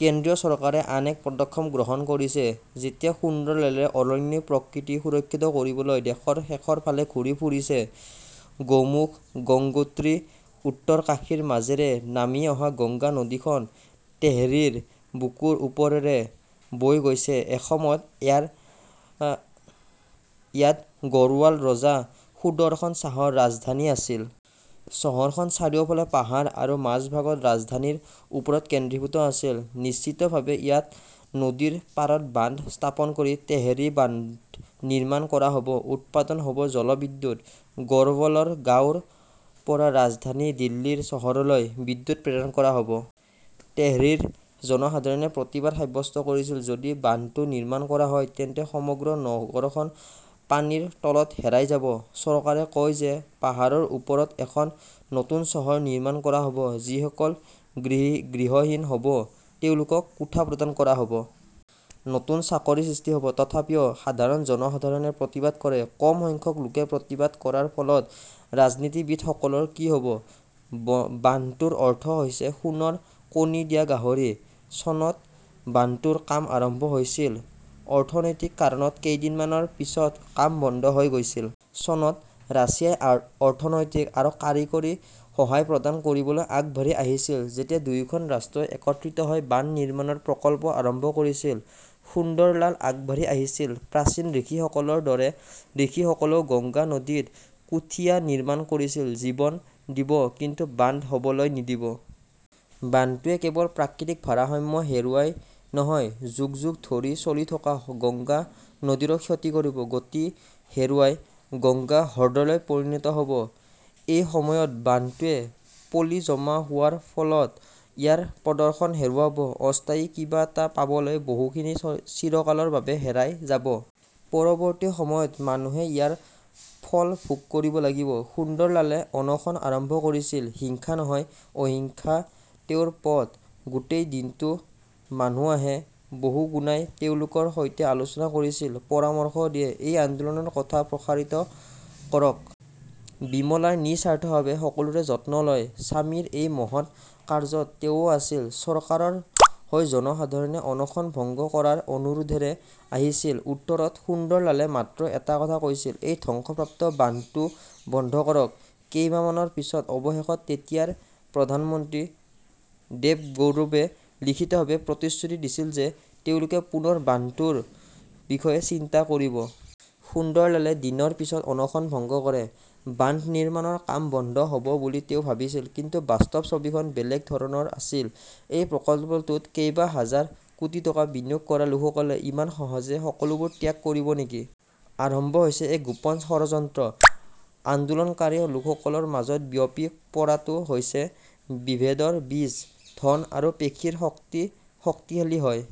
কেন্দ্ৰীয় চৰকাৰে আন এক পদক্ষেপ গ্ৰহণ কৰিছে যেতিয়া সুন্দৰলালে অৰণ্য-প্ৰকৃতি সুৰক্ষিত কৰিবলৈ দেশৰ শেষৰ ফালে ঘূৰি ফুৰিছে। গোমুখ, গংগোত্ৰী, উত্তৰকাশীৰ মাজেৰে নামি অহা গংগা নদীখন তেহৰিৰ বুকুৰ ওপৰেৰে বৈ গৈছে। এসময়ত ইয়াত গড়ৱাল ৰজা সুদৰ্শন শ্বাহৰ ৰাজধানী আছিল। চহৰখন চাৰিওফালে পাহাৰ আৰু মাজভাগত ৰাজধানীৰ ওপৰত কেন্দ্ৰীভূত আছিল। নিশ্চিতভাৱে, ইয়াত নদীৰ পাৰত বান্ধ স্থাপন কৰি তেহৰী বান্ধ নিৰ্মাণ কৰা হ'ব। উৎপাদন হ'ব জলবিদ্যুৎ। গড়বলৰ গাঁৱৰ পৰা ৰাজধানী দিল্লীৰ চহৰলৈ বিদ্যুৎ প্ৰেৰণ কৰা হ'ব। তেহৰীৰ জনসাধাৰণে প্ৰতিবাদ সাব্যস্ত কৰিছিল। যদি বান্ধটো নিৰ্মাণ কৰা হয়, তেন্তে সমগ্ৰ নগৰখন পানীৰ তলত হেৰাই যাব। চৰকাৰে কয় যে পাহাৰৰ ওপৰত এখন নতুন চহৰ নিৰ্মাণ কৰা হ'ব। যিসকল গৃহহীন হ'ব তেওঁলোকক কোঠা প্ৰদান কৰা হ'ব। নতুন চাকৰি সৃষ্টি হ'ব। তথাপিও সাধাৰণ জনসাধাৰণে প্ৰতিবাদ কৰে। কম সংখ্যক লোকে প্ৰতিবাদ কৰাৰ ফলত ৰাজনীতিবিদসকলৰ কি হ'ব? বান্ধটোৰ অৰ্থ হৈছে সোণৰ কণী দিয়া গাহৰি। চনত বান্ধটোৰ কাম আৰম্ভ হৈছিল। অৰ্থনৈতিক কাৰণত কেইদিনমানৰ পিছত কাম বন্ধ হৈ গৈছিল। চনত ৰাছিয়াই অৰ্থনৈতিক আৰু কাৰিকৰী সহায় প্ৰদান কৰিবলৈ আগবাঢ়ি আহিছিল। যেতিয়া দুয়োখন ৰাষ্ট্ৰই একত্ৰিত হৈ বান্ধ নিৰ্মাণৰ প্ৰকল্প আৰম্ভ কৰিছিল, সুন্দৰলাল আগবাঢ়ি আহিছিল। প্ৰাচীন ঋষিসকলৰ দৰে ঋষিসকলেও গংগা নদীত কুথীয়া নিৰ্মাণ কৰিছিল। জীৱন দিব, কিন্তু বান্ধ হ'বলৈ নিদিব। বান্ধটোৱে কেৱল প্ৰাকৃতিক ভাৰসাম্য হেৰুৱাই নহয়, যুগ - যুগ ধৰি চলি থকা গংগা নদীৰো ক্ষতি কৰিব। গতি হেৰুৱাই গঙ্গা হ্ৰদলৈ পৰিণত হ'ব। এটা সময়ত বান্ধটোৱে পলি জমা হোৱাৰ ফলত ইয়াৰ প্ৰদৰ্শন হেৰুৱাব। অস্থায়ী কিবা এটা পাবলৈ বহুখিনি চিৰকালৰ বাবে হেৰাই যাব। পৰৱৰ্তী সময়ত মানুহে ইয়াৰ ফল ভোগ কৰিব লাগিব। সুন্দৰলালে অনশন আৰম্ভ কৰিছিল। হিংসা নহয়। অহিংসা তেওঁৰ পথ। গোটেই দিনটো মানুহ আহে। বহুগুনাই তেওঁলোকৰ সৈতে আলোচনা কৰিছিল। পৰামৰ্শ দিয়ে, এই আন্দোলনৰ কথা প্ৰসাৰিত কৰক। বিমলাই নিস্বাৰ্থভাৱে সকলোৰে যত্ন লয়। স্বামীৰ এই মহৎ কাৰ্য্যত তেওঁও আছিল। চৰকাৰৰ হৈ জনসাধাৰণে অনশন ভংগ কৰাৰ অনুৰোধৰে আহিছিল। উত্তৰত সুন্দৰলালে মাত্ৰ এটা কথা কৈছিল, এই ধ্বংসপ্ৰাপ্ত বান্ধটো বন্ধ কৰক। ""কেইমাহমানৰ পিছত অৱশেষত তেতিয়াৰ প্ৰধানমন্ত্ৰী দেৱগৌড়াৱে লিখিতভাৱে প্ৰতিশ্ৰুতি দিছিল যে তেওঁলোকে পুনৰ বান্ধটোৰ বিষয়ে চিন্তা কৰিব। সুন্দৰলালে দিনৰ পিছত অনশন ভংগ কৰে। বান্ধ নিৰ্মাণৰ কাম বন্ধ হ ""ব বুলি তেওঁ ভাবিছিল, কিন্তু বাস্তৱ ছবিখন বেলেগ ধৰণৰ আছিল। এই প্ৰকল্পটোত কেইবাহাজাৰ কোটি টকা বিনিয়োগ কৰা লোকসকলে ইমান সহজে সকলোবোৰ ত্যাগ কৰিব নেকি? আৰম্ভ হৈছে এক গোপন ষড়যন্ত্ৰ। আন্দোলনকাৰী লোকসকলৰ মাজত বিয়পি পৰাটো হৈছে বিভেদৰ বীজ। ধন আৰু পেশীৰ শক্তি শক্তিশালী হৈ"